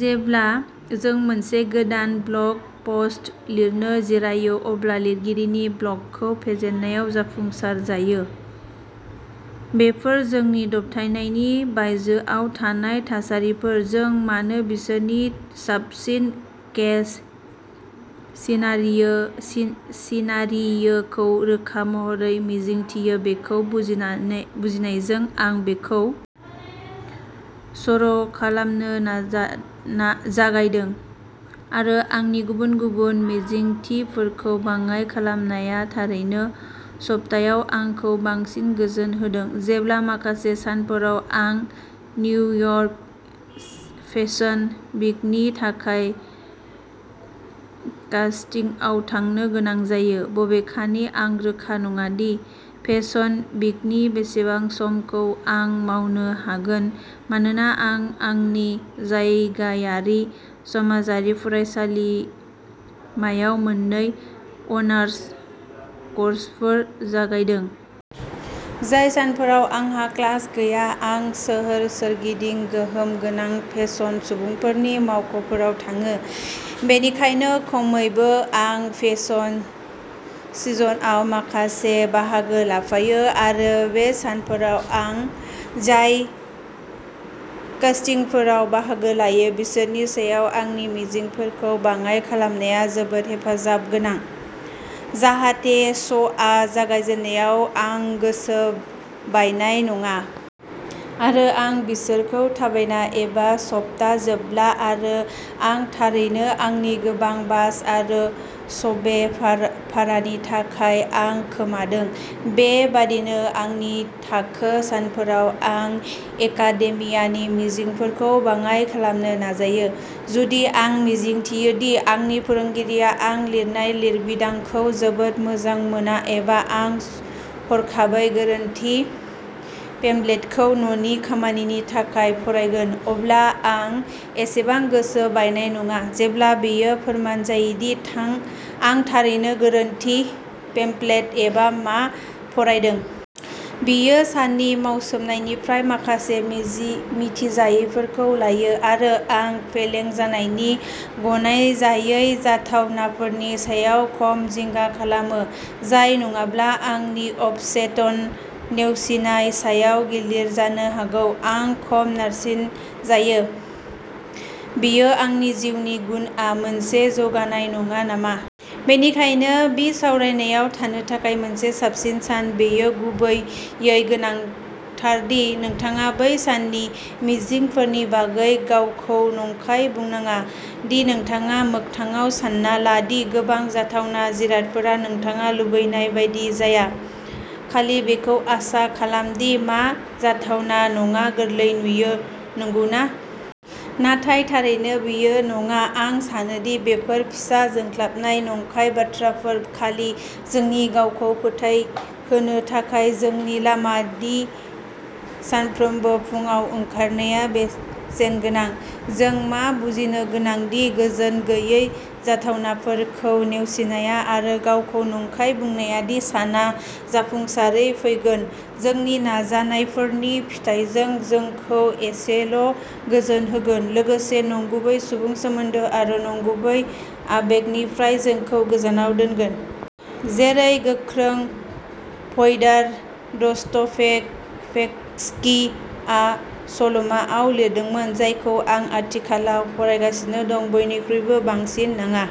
जेब्ला जों मोनसे गोदान ब्लग पस्ट लिरनो जिरायो अब्ला लिरगिरिनि ब्लकखौ फेजेननायाव जाफुंसार जायो। बेफोर जोंनि दबथायनायनि बायजोआव थानाय थासारिफोर जों मानो बिसोरनि साबसिन केस सिनारियोखौ रोखा महरै मिजिंथियो बेखौ बुजिनायजों, आं बेखौ सर'खालामनो जागायदों आरो आंनि गुबुन गुबुन मिजिंथिफोरखौ बाङाइ खालामनाया थारैनो सप्तायाव आंखौ बांसिन गोजोन होदों, जेब्ला माखासे सानफोराव आं निउयर्क फेसन वीकनि थाखाय कास्टिंआव थांनो गोनां जायो, बबेखानि आं रोखा नङा दि फेसन वीकनि बेसेबां समखौ आं मावनो हागोन मानोना आं आंनि जायगायारि समाजारि फरायसालिमायाव मोननै अनार्स कर्सफोर जागायदों। जाय सानफोराव आंहा क्लास गैया, आं सोहोर सोरगिदिं गोहोम गोनां फेसन सुबुंफोरनि मावख'फोराव थाङो, बेनिखायनो खमैबो आं फेसन सिजनआव माखासे बाहागो लाफायो आरो बे सानफोराव आं जाय कास्टिंफोराव बाहागो लायो, बिसोरनि सायाव आंनि मिजिंफोरखौ बाङाइ खालामनाया जोबोद हेफाजाब गोनां, जाहाथे श'आ जागायनायाव आं गोसो बायनाय नङा। आरो आं बिसोरखौ थाबायना एबा सप्ता जोबब्ला आरो आं थारैनो आंनि गोबां बास आरो सबवे भारानि थाखाय रां खोमादों। बे बादिनो आंनि थाखो सानफोराव आं एकाडेमियानि मिजिंफोरखौ बाङाइ खालामनो नाजायो। जुदि आं मिजिंथियो दि आंनि फोरोंगिरिआ आं लिरनाय लिरबिदांखौ जोबोद मोजां मोना एबा आं हरखाबै गोरोन्थि पेम्फलेटखौ न'नि खामानिनि थाखाय फरायगोन, अब्ला आं एसेबां गोसो बायनाय नङा जेब्ला बेयो फोरमान जायो दि आं थारैनो गोरोन्थि पेम्फलेट एबा मा फरायदों। बेयो साननि मावसोमनायनिफ्राय माखासे मिथिजायैफोरखौ लायो, आरो आं फेलें जानायनि गनायजायै जाथावनाफोरनि सायाव खम जिंगा खालामो जाय नङाब्ला आंनि अबचेतन, नेवसिनाय सायाव गिलिर जानो हागौ। आं खम नारसिनजायो। बेयो आंनि जिउनि गुनआव मोनसे जौगानाय नङा नामा? बेनिखायनो बिसावरायनायाव थानो थाखाय मोनसे साबसिन सान, बेयो गुबैयै गोनांथार दि नोंथाङा बै साननि मिजिंफोरनि बागै गावखौ नंखाय बुंनाङा, दि नोंथाङा मोगथाङाव सानना ला दि गोबां जाथावना जिरादफोरा नोंथाङा लुबैनाय बायदि जाया। खालि बेखौ आसा खालाम दि मा जाथावना नङा गोरलै नुयो, नंगौना? नाथाय थारैनो बेयो नङा आं सानो दि बेफोर फिसा जोंख्लाबनाय नंखाय बाथ्राफोर खालि जोंनि गावखौ फोथायहोनो थाखाय जोंनि लामा दि सानफ्रोमबो फुंआव ओंखारनाया बेसेनगोनां। जों मा बुजिनो गोनां दि गोजोनगैयै जाथावनाफोरखौ नेवसिनाया आरो गावखौ नंखाय बुंनाया दि साना जाफुंसारै फैगोन, जोंनि नाजानायफोरनि फिथायजों जोंखौ एसेल'गोजोन होगोन, लोगोसे नंगुबै सुबुं सोमोनदो आरो नंगुबै आबेगनिफ्राय जोंखौ गोजानाव दोनगोन। जेरै गोख्रों फ्योदर दस्तयेभस्किआ सल'माआव लिरदोंमोन, जायखौ आं आथिखालाव फरायगासिनो दं बयनिख्रुइबो बांसिन नाङा।